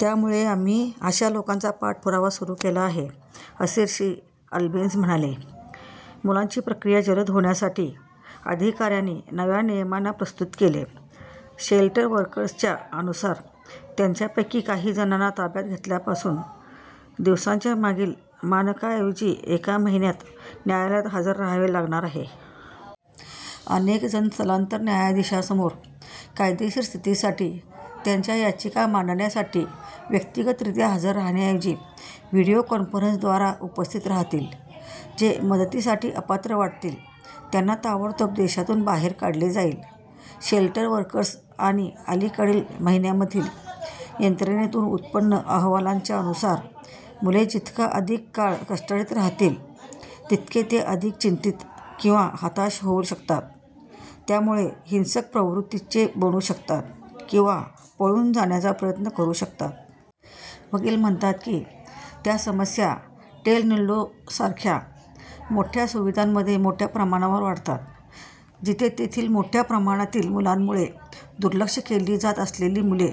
त्यामुळे आम्ही अशा लोकांचा पाठपुरावा सुरु केला आहे," असे श्री. अल्बेंस म्हणाले. मुलांची प्रक्रिया जलद होण्यासाठी, अधिकाऱ्यांनी नव्या नियमांना प्रस्तुत केले, शेल्टर वर्कर्सच्या अनुसार, त्यांच्यापैकी काही जणांना ताब्यात घेतल्यापासून, दिवसांच्या मागील मानकाऐवजी, एका महिन्यात न्यायालयात हजर राहावे लागणार आहे. अनेक जण स्थलांतरण न्यायाधीशासमोर कायदेशीर स्थितीसाठी त्यांच्या याचिका मांडण्यासाठी व्यक्तिगतरीत्या हजर राहण्याऐवजी व्हिडिओ कॉन्फरन्सद्वारा उपस्थित राहतील. जे मदतीसाठी अपात्र वाटतील त्यांना ताबडतोब देशातून बाहेर काढले जाईल. शेल्टर वर्कर्स आणि अलीकडील महिन्यांमधील यंत्रणेतून उत्पन्न अहवालांच्या अनुसार, मुले जितका अधिक काळ कस्टडीत राहतील, तितके ते अधिक चिंतीत किंवा हताश होऊ शकतात, ज्यामुळे हिंसक प्रवृत्तीचे बनू शकतात किंवा पळून जाण्याचा प्रयत्न करू शकतात. वकील म्हणतात की त्या समस्या टोरनिल्लोसारख्या मोठ्या सुविधांमध्ये मोठ्या प्रमाणावर वाढतात, जिथे तेथील मोठ्या प्रमाणातील मुलांमुळे, दुर्लक्ष केली जात असलेली मुले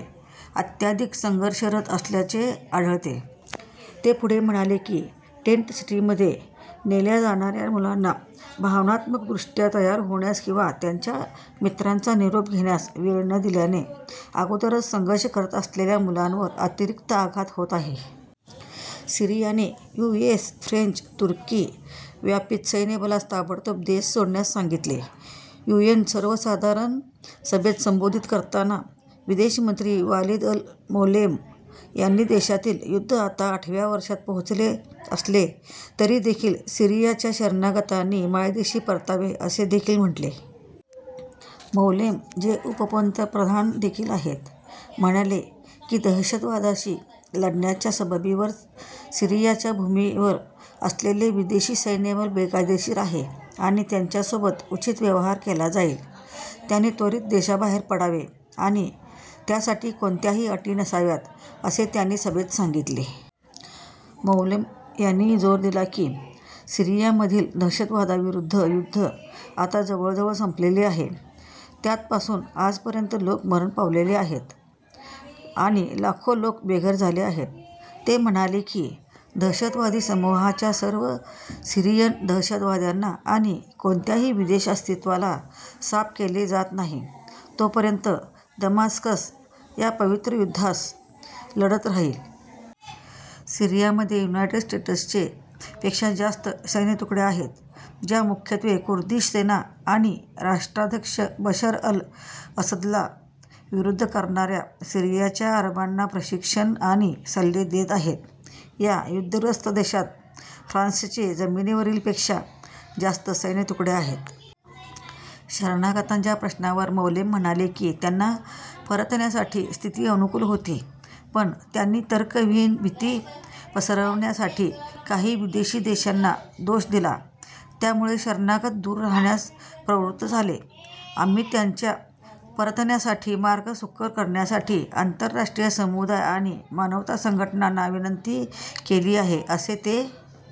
अत्याधिक संघर्षरत असल्याचे आढळते. ते पुढे म्हणाले की टेंट सिटीमध्ये नेल्या जाणाऱ्या मुलांना भावनात्मकदृष्ट्या तयार होण्यास किंवा त्यांच्या मित्रांचा निरोप घेण्यास वेळ न दिल्याने, अगोदरच संघर्ष करत असलेल्या मुलांवर अतिरिक्त आघात होत आहे. सीरियाने यूएस, फ्रेंच आणि तुर्की 'व्यापित सैन्यबलास" ताबडतोब देश सोडण्यास सांगितले. यूएन सर्वसाधारण सभेत संबोधित करताना, विदेश मंत्री वालीद अल-मौलेम यांनी, देशातील युद्ध आता आठव्या वर्षात पोहोचले असले तरी देखील, सीरियाच्या शरणागतांनी मायदेशी परतावे असे देखील म्हटले. मौलेम, जे उपपंतप्रधान देखील आहेत, म्हणाले, की दहशतवादाशी लढण्याच्या सबबीवर सीरियाच्या भूमीवर असलेले विदेशी सैन्यबल बेकायदेशीर आहे, आणि "त्याच्यासोबत उचित व्यवहार केला जाईल. " "त्यांनी त्वरित देशाबाहेर पडावे आणि त्यासाठी कोणत्याही अटी नसाव्यात," असे त्यांनी सभेत सांगितले. मौलेम यांनी जोर दिला की, सीरियामधील "दहशतवादाविरुद्ध युद्ध आता जवळजवळ संपलेले आहे", ज्यात पासून आजपर्यंत लोक मरण पावलेले आहेत, आणि लाखो लोक बेघर झाले आहेत. ते म्हणाले की "दहशतवादी समूहाच्या सर्व सीरियन दहशतवाद्यांना आणि "कोणत्याही विदेश अस्तित्वाला साफ केले जात नाही, तोपर्यंत दमास्कस या पवित्र युद्धास लढत राहील". सीरियामध्ये युनायटेड स्टेट्सचे पेक्षा जास्त सैन्यतुकड्या आहेत, ज्या मुख्यत्वे कुर्दिश सेना आणि राष्ट्राध्यक्ष बशर अल-असदला विरोध करणाऱ्या सीरियाच्या अरबांना प्रशिक्षण आणि सल्ले देत आहेत. या युद्ध-ग्रस्त देशात फ्रान्सचे जमिनीवरील पेक्षा जास्त सैन्यतुकड्या आहेत. शरणागतांच्या प्रश्नावर मौलेम म्हणाले, की त्यांना परतण्यासाठी स्थिती अनुकूल होती, पण त्यांनी "तर्कविहीन भीती पसरविण्यासाठी" "काही विदेशी देशांना" दोष दिला, ज्यामुळे शरणागत दूर राहण्यास प्रवृत्त झाले. आम्ही त्यांच्या परतण्यासाठी मार्ग सुकर करण्यासाठी आंतरराष्ट्रीय समुदाय आणि मानवता संघटनांना विनंती केली आहे," असे ते